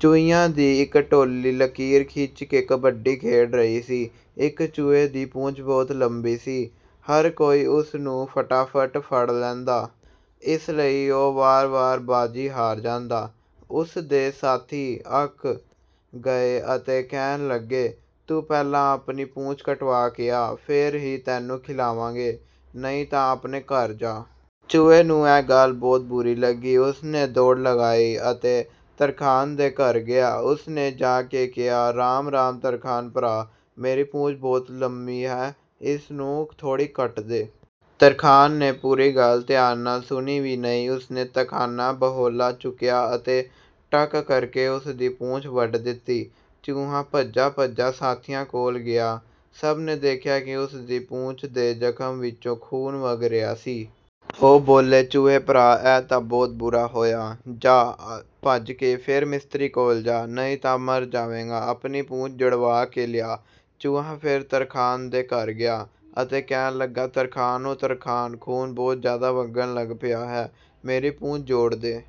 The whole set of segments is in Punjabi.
ਚੂਹਿਆਂ ਦੀ ਇੱਕ ਟੋਲੀ ਲਕੀਰ ਖਿੱਚ ਕੇ ਕਬੱਡੀ ਖੇਡ ਰਹੀ ਸੀ। ਇੱਕ ਚੂਹੇ ਦੀ ਪੂਛ ਬਹੁਤ ਲੰਮੀ ਸੀ। ਹਰ ਕੋਈ ਉਸ ਨੂੰ ਫਟਾਫਟ ਫੜ ਲੈਂਦਾ, ਇਸ ਲਈ ਉਹ ਵਾਰ-ਵਾਰ ਬਾਜ਼ੀ ਹਾਰ ਜਾਂਦਾ। ਉਸ ਦੇ ਸਾਥੀ ਅੱਕ ਗਏ ਅਤੇ ਕਹਿਣ ਲੱਗੇ, "ਤੂੰ ਪਹਿਲਾਂ ਆਪਣੀ ਪੂਛ ਕਟਵਾ ਕੇ ਆ, ਫਿਰ ਹੀ ਤੈਨੂੰ ਖਿਲਾਵਾਂਗੇ, ਨਹੀਂ ਤਾਂ ਆਪਣੇ ਘਰ ਜਾ।" ਚੂਹੇ ਨੂੰ ਇਹ ਗੱਲ ਬਹੁਤ ਬੁਰੀ ਲੱਗੀ। ਉਸ ਨੇ ਦੌੜ ਲਗਾਈ ਅਤੇ ਤਰਖਾਣ ਦੇ ਘਰ ਗਿਆ। ਉਸ ਨੇ ਜਾ ਕੇ ਕਿਹਾ, "ਰਾਮ-ਰਾਮ ਤਰਖਾਣ ਭਰਾ, ਮੇਰੀ ਪੂਛ ਬਹੁਤ ਲੰਮੀ ਹੈ, ਇਸ ਨੂੰ ਥੋੜ੍ਹੀ ਕੱਟ ਦੇ।" ਤਰਖਾਣ ਨੇ ਪੂਰੀ ਗੱਲ ਧਿਆਨ ਨਾਲ ਸੁਣੀ ਵੀ ਨਹੀਂ, ਉਸ ਨੇ ਤਿਖਾਣਾ ਬਹੋਲਾ ਚੁੱਕਿਆ ਅਤੇ ਟੱਕ ਕਰਕੇ ਉਸ ਦੀ ਪੂਛ ਵੱਢ ਦਿੱਤੀ। ਚੂਹਾ ਭੱਜਾ-ਭੱਜਾ ਸਾਥੀਆਂ ਕੋਲ ਗਿਆ। ਸਭ ਨੇ ਦੇਖਿਆ ਕਿ ਉਸ ਦੀ ਪੂਛ ਦੇ ਜ਼ਖ਼ਮ ਵਿੱਚੋਂ ਖ਼ੂਨ ਵਗ ਰਿਹਾ ਸੀ। ਉਹ ਬੋਲੇ, "ਚੂਹੇ ਭਰਾ, ਇਹ ਤਾਂ ਬਹੁਤ ਬੁਰਾ ਹੋਇਆ। ਜਾਹ, ਭੱਜ ਕੇ ਫਿਰ ਮਿਸਤਰੀ ਕੋਲ ਜਾਹ, ਨਹੀਂ ਤਾਂ ਮਰ ਜਾਵੇਂਗਾ, ਆਪਣੀ ਪੂਛ ਜੁੜਵਾ ਕੇ ਲਿਆ।" ਚੂਹਾ ਫਿਰ ਤਰਖਾਣ ਦੇ ਘਰ ਗਿਆ ਅਤੇ ਕਹਿਣ ਲੱਗਾ, "ਤਰਖਾਣ ਓ ਤਰਖਾਣ, ਖ਼ੂਨ ਬਹੁਤ ਜ਼ਿਆਦਾ ਵਗਣ ਲੱਗ ਪਿਆ ਹੈ, ਮੇਰੀ ਪੂਛ ਜੋੜ ਦੇ।"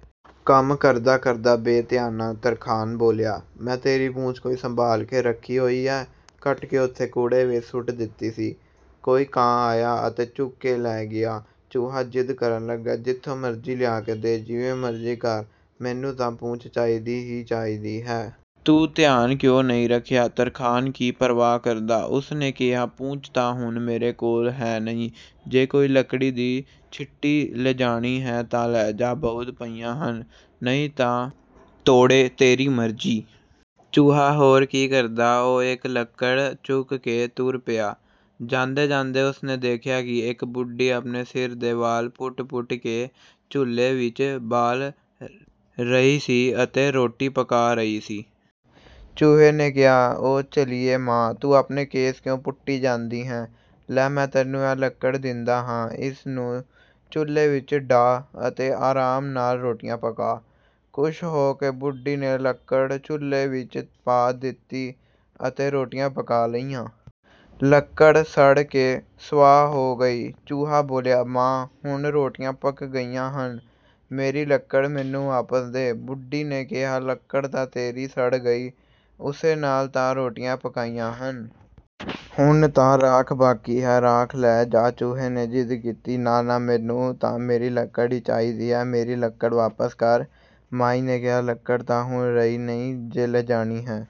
ਕੰਮ ਕਰਦਾ-ਕਰਦਾ ਬੇਧਿਆਨਾ ਤਰਖਾਣ ਬੋਲਿਆ, "ਮੈਂ ਤੇਰੀ ਪੂਛ ਕੋਈ ਸੰਭਾਲ ਕੇ ਰੱਖੀ ਹੋਈ ਹੈ? ਕੱਟ ਕੇ ਉੱਥੇ ਕੂੜੇ ਵਿੱਚ ਸੁੱਟ ਦਿੱਤੀ ਸੀ, ਕੋਈ ਕਾਂ ਆਇਆ ਅਤੇ ਚੁੱਕ ਕੇ ਲੈ ਗਿਆ।" ਚੂਹਾ ਜ਼ਿੱਦ ਕਰਨ ਲੱਗਾ, "ਜਿੱਥੋਂ ਮਰਜ਼ੀ ਲਿਆ ਕੇ ਦੇਹ, ਜਿਵੇਂ ਮਰਜ਼ੀ ਕਰ, ਮੈਨੂੰ ਤਾਂ ਪੂਛ ਚਾਹੀਦੀ ਹੀ ਚਾਹੀਦੀ ਹੈ। ਤੂੰ ਧਿਆਨ ਕਿਉਂ ਨਹੀਂ ਰੱਖਿਆ?" ਤਰਖਾਣ ਕੀ ਪਰਵਾਹ ਕਰਦਾ! ਉਸ ਨੇ ਕਿਹਾ, "ਪੂਛ ਤਾਂ ਹੁਣ ਮੇਰੇ ਕੋਲ ਹੈ ਨਹੀਂ, ਜੇ ਕੋਈ ਲੱਕੜੀ ਦੀ ਛਿੱਟੀ ਲਿਜਾਣੀ ਹੈ ਤਾਂ ਲੈ ਜਾ, ਬਹੁਤ ਪਈਆਂ ਹਨ, ਨਹੀਂ ਤਾਂ ਤੋੜੇ ਤੇਰੀ ਮਰਜ਼ੀ।" ਚੂਹਾ ਹੋਰ ਕੀ ਕਰਦਾ, ਉਹ ਇੱਕ ਲੱਕੜ ਚੁੱਕ ਕੇ ਤੁਰ ਪਿਆ। ਜਾਂਦੇ-ਜਾਂਦੇ ਉਸ ਨੇ ਦੇਖਿਆ ਕਿ ਇੱਕ ਬੁੱਢੀ ਆਪਣੇ ਸਿਰ ਦੇ ਵਾਲ ਪੁੱਟ-ਪੁੱਟ ਕੇ ਚੁੱਲ੍ਹੇ ਵਿੱਚ ਬਾਲ ਰਹੀ ਸੀ ਅਤੇ ਰੋਟੀ ਪਕਾ ਰਹੀ ਸੀ। ਚੂਹੇ ਨੇ ਕਿਹਾ, "ਓ ਝੱਲੀਏ ਮਾਂ, ਤੂੰ ਆਪਣੇ ਕੇਸ ਕਿਉਂ ਪੁੱਟੀ ਜਾਂਦੀ ਹੈਂ? ਲੈ, ਮੈਂ ਤੈਨੂੰ ਇਹ ਲੱਕੜ ਦਿੰਦਾ ਹਾਂ, ਇਸ ਨੂੰ ਚੁੱਲ੍ਹੇ ਵਿੱਚ ਡਾਹ ਅਤੇ ਆਰਾਮ ਨਾਲ ਰੋਟੀਆਂ ਪਕਾ।" ਖ਼ੁਸ਼ ਹੋ ਕੇ ਬੁੱਢੀ ਨੇ ਲੱਕੜ ਚੁੱਲ੍ਹੇ ਵਿੱਚ ਪਾ ਦਿੱਤੀ ਅਤੇ ਰੋਟੀਆਂ ਪਕਾ ਲਈਆਂ। ਲੱਕੜ ਸੜ ਕੇ ਸੁਆਹ ਹੋ ਗਈ। ਚੂਹਾ ਬੋਲਿਆ, "ਮਾਂ, ਹੁਣ ਰੋਟੀਆਂ ਪੱਕ ਗਈਆਂ ਹਨ, ਮੇਰੀ ਲੱਕੜ ਮੈਨੂੰ ਵਾਪਸ ਦੇ।" ਬੁੱਢੀ ਨੇ ਕਿਹਾ, "ਲੱਕੜ ਤਾਂ ਤੇਰੀ ਸੜ ਗਈ, ਉਸੇ ਨਾਲ ਤਾਂ ਰੋਟੀਆਂ ਪਕਾਈਆਂ ਹਨ! ਹੁਣ ਤਾਂ ਰਾਖ ਬਾਕੀ ਹੈ, ਰਾਖ ਲੈ ਜਾ।" ਚੂਹੇ ਨੇ ਜ਼ਿੱਦ ਕੀਤੀ, "ਨਾ-ਨਾ, ਮੈਨੂੰ ਤਾਂ ਮੇਰੀ ਲੱਕੜ ਹੀ ਚਾਹੀਦੀ ਹੈ, ਮੇਰੀ ਲੱਕੜ ਵਾਪਸ ਕਰ।" ਮਾਈ ਨੇ ਕਿਹਾ, "ਲੱਕੜ ਤਾਂ ਹੁਣ ਰਹੀ ਨਹੀਂ, ਜੇ ਲਿਜਾਣੀ ਹੈ